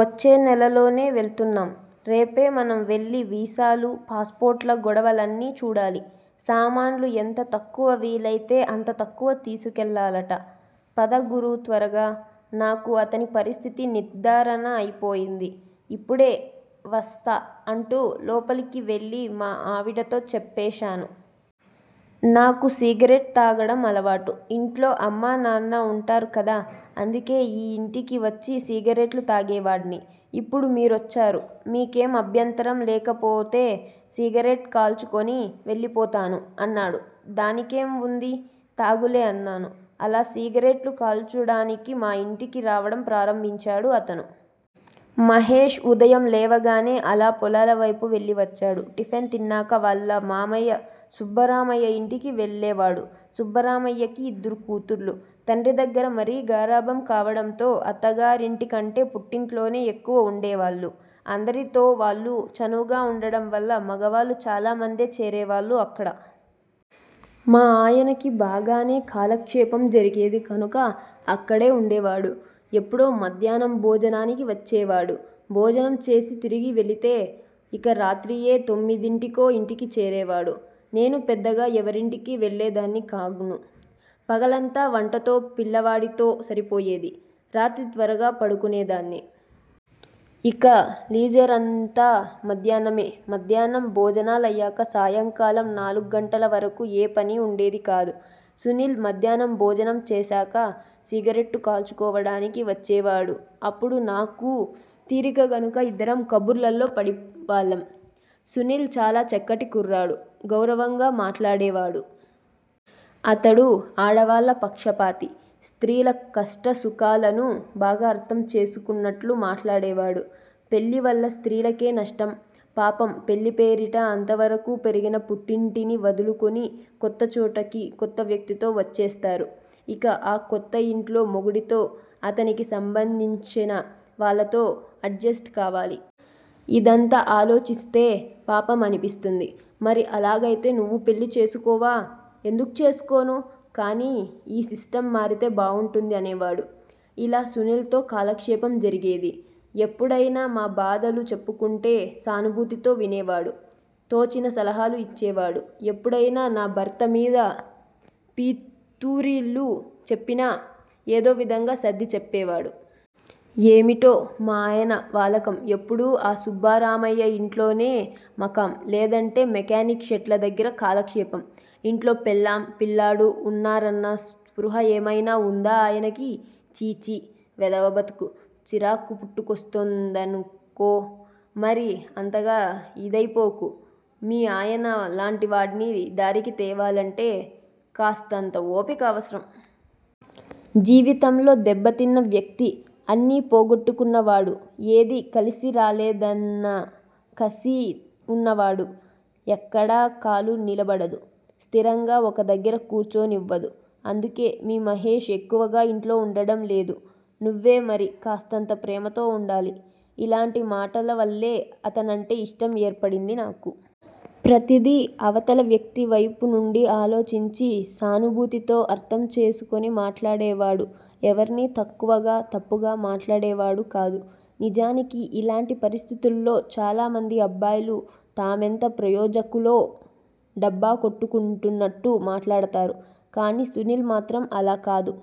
వచ్చే నెలలోనే వెళ్తున్నాం. రేపే మనం వెళ్ళి వీసాలు, పాస్ పోర్ట్ ల గొడవలన్నీ చూడాలి. సామాన్లు ఎంత తక్కువ వీలయితే అంత తక్కువ తీసుకెళ్ళాలట! పద గురూ త్వరగా. నాకు అతని పరిస్థితి నిర్ధారణ అయిపోయింది. ఇప్పుడే వస్తా అంటూ లోపలకు వెళ్ళి మా ఆవిడతో చెప్పేశాను. నాకు సిగరెట్లు తాగడం అలవాటు. ఇంట్లో అమ్మా నాన్న వుంటారు కదా. అందుకే ఈ యింటికి వచ్చి సిగరెట్లు తాగేవాడ్ని. ఇప్పుడు మీరొచ్చారు. మీకేం అభ్యంతరం లేకపోతే సిగరెట్లు కాల్చుకుని వెళ్ళిపోతాను. అన్నాడు. దానికేం వుంది తాగులే అన్నాను. అలా సిగరెట్లు కాల్చడానికి మా యింటికి రావడం ప్రారంభించాడు అతను. మహేశ్ ఉదయం లేవగానే అలా పొలాలవేపు వెళ్ళి వచ్చేవాడు. టిఫిన్ తిన్నాక వాళ్ళ మావయ్య సుబ్బరామయ్య యింటికి వెళ్ళేవాడు. సుబ్బరామయ్యకి ఇద్దరు కూతుళ్ళు. తండ్రి దగ్గర మరీ గారాబం కావడంతో అత్తగారింటికంటే పుట్టింట్లోనే ఎక్కువగా వుండేవాళ్ళు. అందరితో వాళ్ళు చనువుగా వుండడం వల్ల మగవాళ్ళు చాలామందే చేరేవాళ్ళు అక్కడ. మా ఆయనకి బాగానే కాలక్షేపం జరిగేది కనుక అక్కడే వుండేవాడు. ఎప్పుడో మధ్యాహ్నం భోజనానికి వచ్చేవాడు. భోజనం చేసి తిరిగి వెళితే ఇక రాత్రి ఏ తొమ్మిదింటికో ఇంటికి చేరేవాడు. నేను పెద్దగా ఎవరింటికీ వెళ్ళేదాన్ని కాను. పగలంతా వంటతో, పిల్లవాడితో సరిపోయేది. రాత్రి త్వరగా పడుకునేదాన్ని. ఇక లీజరంతా మధ్యాహ్నమే. మధ్యాహ్నం భోజనాలయ్యాక సాయంకాలం నాలుగు గంటల వరకూ ఏ పనీ వుండేది కాదు. సునీల్ మధ్యాహ్నం భోజనం చేశాక సిగరెట్టు కాల్చుకోవడానికి వచ్చేవాడు అప్పుడు నాకూ తీరికే గనుక ఇద్దరం కబుర్లలో పడేవాళ్ళం. సునీల్ చాలా చక్కటి కుర్రాడు. గౌరవంగా మాట్లాడేవాడు. అతను ఆడవాళ్ళ పక్షపాతి. స్త్రీల కష్టసుఖాలను బాగా అర్ధం చేసుకున్నట్లు మాట్లాడేవాడు. పెళ్ళి వల్ల స్త్రీలకే నష్టం, పాపం పెళ్ళి పేరిట అంతవరకు పెరిగిన పుట్టింటిని వదులుకుని, కొత్త చోటుకి, కొత్త వ్యక్తితో వచ్చేస్తారు. ఇక ఆ కొత్త ఇంట్లో మొగుడితో, అతనికి సంబంధించైనా వాళ్ళతో అడ్జెస్ట్ కావాలి. ఇదంతా ఆలోచిస్తే పాపం అనిపిస్తుంది. మరి అలాగైతే నువ్వు పెళ్ళి చేసుకోవా? ఎందుకు చేసుకోను? కానీ ఈ సిస్టమ్ మారితే బావుంటుంది అనేవాడు. ఇలా సునీల్ తో కాలక్షేపం జరిగేది. ఎప్పుడైనా మా బాధలు చెప్పుకుంటే సానుభూతితో వినేవాడు. తోచిన సలహాలు ఇచ్చేవాడు. ఎప్పుడైనా నా భర్త మీద పితూరీలు చెప్పినా ఏదో విధంగా సర్ది చెప్పేవాడు. ఏమిటో మా ఆయన వాలకం ఎప్పుడూ ఆ సుబ్బరామయ్య ఇంట్లోనే మకాం, లేదంటే మెకానిక్ షెడ్ల దగ్గర కాలక్షేపం, ఇంట్లో పెళ్ళాం, పిల్లాడు వున్నారన్న స్పృహ ఏమైనా వుందా ఆయనకి? ఛీఛీ వెధవ బతుకు, చిరాకు పుట్టుకొస్తుందనుకో మరీ అంతగా ఇదైపోకు. మీ ఆయన లాంటివాడ్ని దారికి తేవాలంటే కాస్తంత ఓపిక అవసరం. జీవితంలో దెబ్బతిన్న వ్యక్తి అన్నీ పోగొట్టుకున్న వాడు ఏదీ కలిసిరాలేదన్నకసి వున్నప్పుడు ఎక్కడా కాలు నిలబడదు. స్థిరంగా ఒక దగ్గర కూర్చోనివ్వదు. అందుకే మీ మహేష్ ఎక్కువగా ఇంట్లో వుండడం లేదు నువ్వే మరి కాస్తంత ప్రేమతో వుండాలి. ఇలాంటి మాటలవల్లే అతనంటే ఇష్టం ఏర్పడింది నాకు. ప్రతిదీ అవతల వ్యక్తివైపు నుంచి ఆలోచించి, సానుభూతితో అర్ధం చేసుకుని మాట్లాడేవాడు ఎవర్నీ తక్కువగా, తప్పుగా మాట్లాడేవాడు కాదు. నిజానికి ఇలాంటి పరిస్థితుల్లో చాలామంది అబ్బాయిలు తామెంత ప్రయోజకులో డబ్బా కొట్టుకుంటున్నట్టు మాట్లాడతారు. కానీ సునీల్ మాత్రం అలా కాదు.